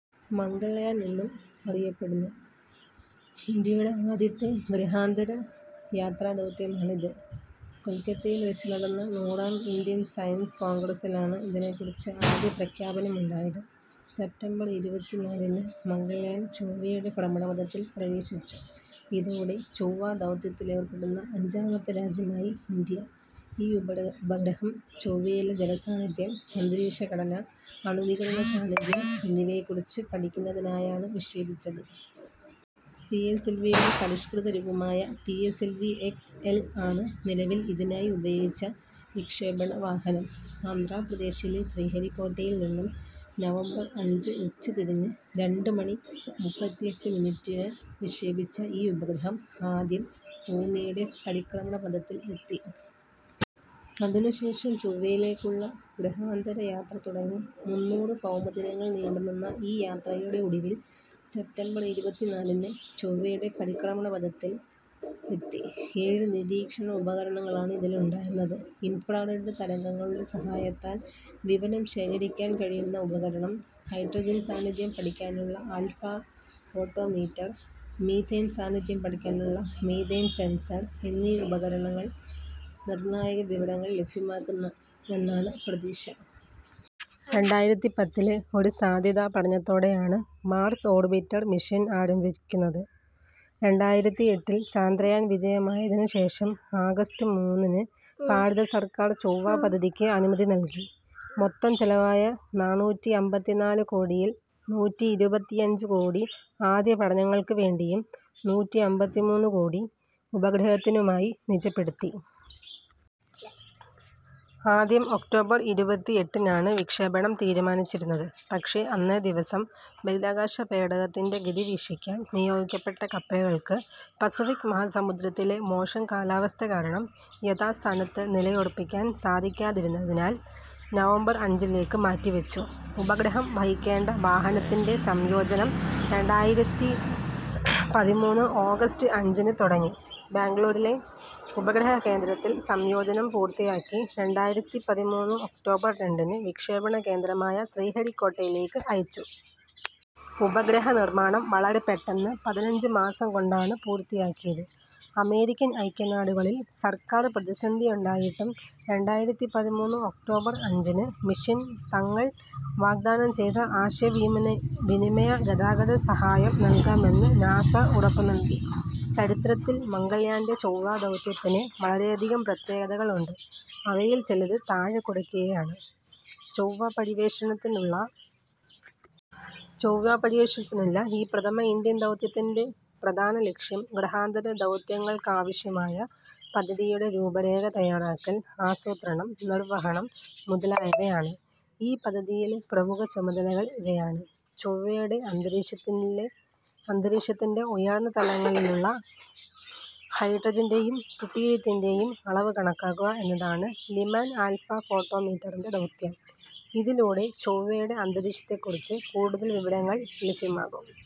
മംഗൾയാൻ എന്നും അറിയപ്പെടുന്നു. ഇന്ത്യയുടെ ആദ്യത്തെ ഗ്രഹാന്തര യാത്രാദൗത്യമാണ് ഇത്. കൊൽക്കത്തയിൽ വെച്ച് നടന്ന നൂറാം ഇന്ത്യൻ സയൻസ് കോൺഗ്രസ്സിലാണ് ഇതിനെക്കുറിച്ച് ആദ്യപ്രഖ്യാപനമുണ്ടായത്. സെപ്റ്റംബർ ഇരുപത്തിനാലിന് മംഗൾയാൻ ചൊവ്വയുടെ ഭ്രമണപഥത്തിൽ പ്രവേശിച്ചു. ഇതോടെ ചൊവ്വാദൗത്യത്തിലേർപ്പെടുന്ന അഞ്ചാമത്തെ രാജ്യമായി ഇന്ത്യ.ഈ ഉപഗ്രഹം ചൊവ്വയിലെ ജലസാന്നിധ്യം, അന്തരീക്ഷ ഘടന, അണുവികിരണ സാന്നിധ്യം എന്നിവയെക്കുറിച്ച് പഠിക്കുന്നതിനായാണ് വിക്ഷേപിച്ചത്. പി എസ് എൽ വി യുടെ പരിഷ്കൃത രൂപമായ P S L V X L ആണ് നിലവിൽ ഇതിനായി ഉപയോഗിച്ച വിക്ഷേപണ വാഹനം. ആന്ധ്രാപ്രദേശിലെ ശ്രീഹരിക്കോട്ടയിൽ നിന്നും നവംബർ അഞ്ച് ഉച്ചതിരിഞ്ഞ് രണ്ട് മണി മുപ്പത്തിയെട്ട് മിനിറ്റിന് വിക്ഷേപിച്ച ഈ ഉപഗ്രഹം ആദ്യം ഭൂമിയുടെ പരിക്രമണപഥത്തിൽ എത്തി. അതിനുശേഷം ചൊവ്വയിലേക്കുള്ള ഗ്രഹാന്തര യാത്ര തുടങ്ങി. മുന്നൂറ് ഭൗമദിനങ്ങൾ നീണ്ടുനിന്ന ഈ യാത്രയുടെ ഒടുവിൽ സെപ്റ്റംബർ ഇരുപത്തിനാലിന് ചൊവ്വയുടെ പരിക്രമണപഥത്തിൽ എത്തി.ഏഴ് നിരീക്ഷണ ഉപകരണങ്ങളാണ് ഇതിലുണ്ടായിരുന്നത്. ഇൻഫ്രാറെഡ് തരംഗങ്ങളുടെ സഹായത്താൽ വിവരം ശേഖരിക്കാൻ കഴിയുന്ന ഉപകരണം, ഹൈഡ്രജൻ സാന്നിധ്യം പഠിക്കാനുള്ള ആൽഫാ ഫോട്ടോമീറ്റർ, മീഥേൻ സാന്നിധ്യം പഠിക്കാനുള്ള മീഥേൻ സെൻസർ എന്നീ ഉപകരണങ്ങൾ നിർണായക വിവരങ്ങൾ ലഭ്യമാക്കുമെന്നാണ് പ്രതീക്ഷ. രണ്ടായിരത്തി പത്തിലെ ഒരു സാധ്യതാ പഠനത്തോടെയാണ് മാർസ് ഓർബിറ്റർ മിഷൻ ആരംഭിക്കുന്നത്. രണ്ടായിരത്തി എട്ടിൽ ചന്ദ്രയാൻ വിജയമായതിനു ശേഷം ആഗസ്റ്റ് മൂന്നിന് ഭാരത സർക്കാർ ചൊവ്വാ പദ്ധതിക്ക് അനുമതി നൽകി. മൊത്തം ചെലവായ നാനൂറ്റിയമ്പത്തിനാല് കോടിയിൽ നൂറ്റിയിരുപത്തിയഞ്ച് കോടി ആദ്യ പഠനങ്ങൾക്ക് വേണ്ടിയും നൂറ്റിയമ്പത്തിമൂന്ന് കോടി ഉപഗ്രഹത്തിനുമായി നിജപ്പെടുത്തി. ആദ്യം ഒക്ടോബർ ഇരുപത്തിയെട്ടിനാണ് വിക്ഷേപണം തീരുമാനിച്ചിരുന്നത്. പക്ഷേ അന്നേ ദിവസം ബഹിരാകാശപേടകത്തിന്റെ ഗതി വീക്ഷിക്കാൻ നിയോഗിക്കപ്പെട്ട കപ്പലുകൾക്ക് പസഫിക് മഹാസമുദ്രത്തിലെ മോശം കാലാവസ്ഥ കാരണം യഥാസ്ഥാനത്ത് നിലയുറപ്പിക്കാൻ സാധിക്കാതിരുന്നതിനാൽ നവംബർ അഞ്ചിലേക്ക് മാറ്റിവച്ചു. ഉപഗ്രഹം വഹിക്കേണ്ട വാഹനത്തിന്റെ സംയോജനം രണ്ടായിരത്തി പതിമൂന്ന് ആഗസ്റ്റ് അഞ്ചിന് തുടങ്ങി. ബാംഗ്ലൂരിലെ ഉപഗ്രഹ കേന്ദ്രത്തിൽ സംയോജനം പൂർത്തിയാക്കി രണ്ടായിരത്തി പതിമൂന്ന് ഒക്ടോബർ രണ്ടിന് വിക്ഷേപണ കേന്ദ്രമായ ശ്രീഹരിക്കോട്ടയിലേക്ക് അയച്ചു. ഉപഗ്രഹ നിർമ്മാണം വളരെ പെട്ടെന്ന് പതിനഞ്ച് മാസം കൊണ്ടാണ് പൂർത്തിയാക്കിയത്. അമേരിക്കൻ ഐക്യനാടുകളിൽ സർക്കാർ പ്രതിസന്ധി ഉണ്ടായിട്ടും രണ്ടായിരത്തി പതിമൂന്ന് ഒക്ടോബർ അഞ്ചിന് മിഷന് തങ്ങൾ വാഗ്ദാനം ചെയ്ത ആശയവിനിമയ ഗതാഗത സഹായം നൽകാമെന്ന് നാസ ഉറപ്പുനൽകി. ചരിത്രത്തിൽ മംഗൾയാന്റെ ചൊവ്വാ ദൗത്യത്തിന് വളരെയധികം പ്രത്യേകതകൾ ഉണ്ട്. അവയിൽ ചിലത് താഴെ കൊടുക്കുന്നവയാണ്. ചൊവ്വാപര്യവേഷണത്തിനുള്ള ഈ പ്രഥമ ഇന്ത്യൻ ദൗത്യത്തിന്റെ പ്രധാന ലക്ഷ്യം ഗ്രഹാന്തര ദൗത്യങ്ങൾക്കാവശ്യമായ പദ്ധതിയുടെ രൂപരേഖ തയ്യാറാക്കൽ, ആസൂത്രണം, നിർവഹണം മുതലായവയാണ്.ഈ പദ്ധതിയിലെ പ്രമുഖ ചുമതലകൾ ഇവയാണ്. ചൊവ്വയുടെ അന്തരീക്ഷത്തിന്റെ ഉയർന്ന തലങ്ങളിലുള്ള ഹൈഡ്രജന്റെയും ഡ്യൂട്ടീരിയത്തിന്റെയും അളവ് കണക്കാക്കുക എന്നതാണ് ലിമാൻ ആൽഫാ ഫോട്ടോമീറ്ററിന്റെ ദൗത്യം. ഇതിലൂടെ ചൊവ്വയുടെ അന്തരീക്ഷത്തെക്കുറിച്ച് കൂടുതൽ വിവരങ്ങൾ ലഭ്യമാകും.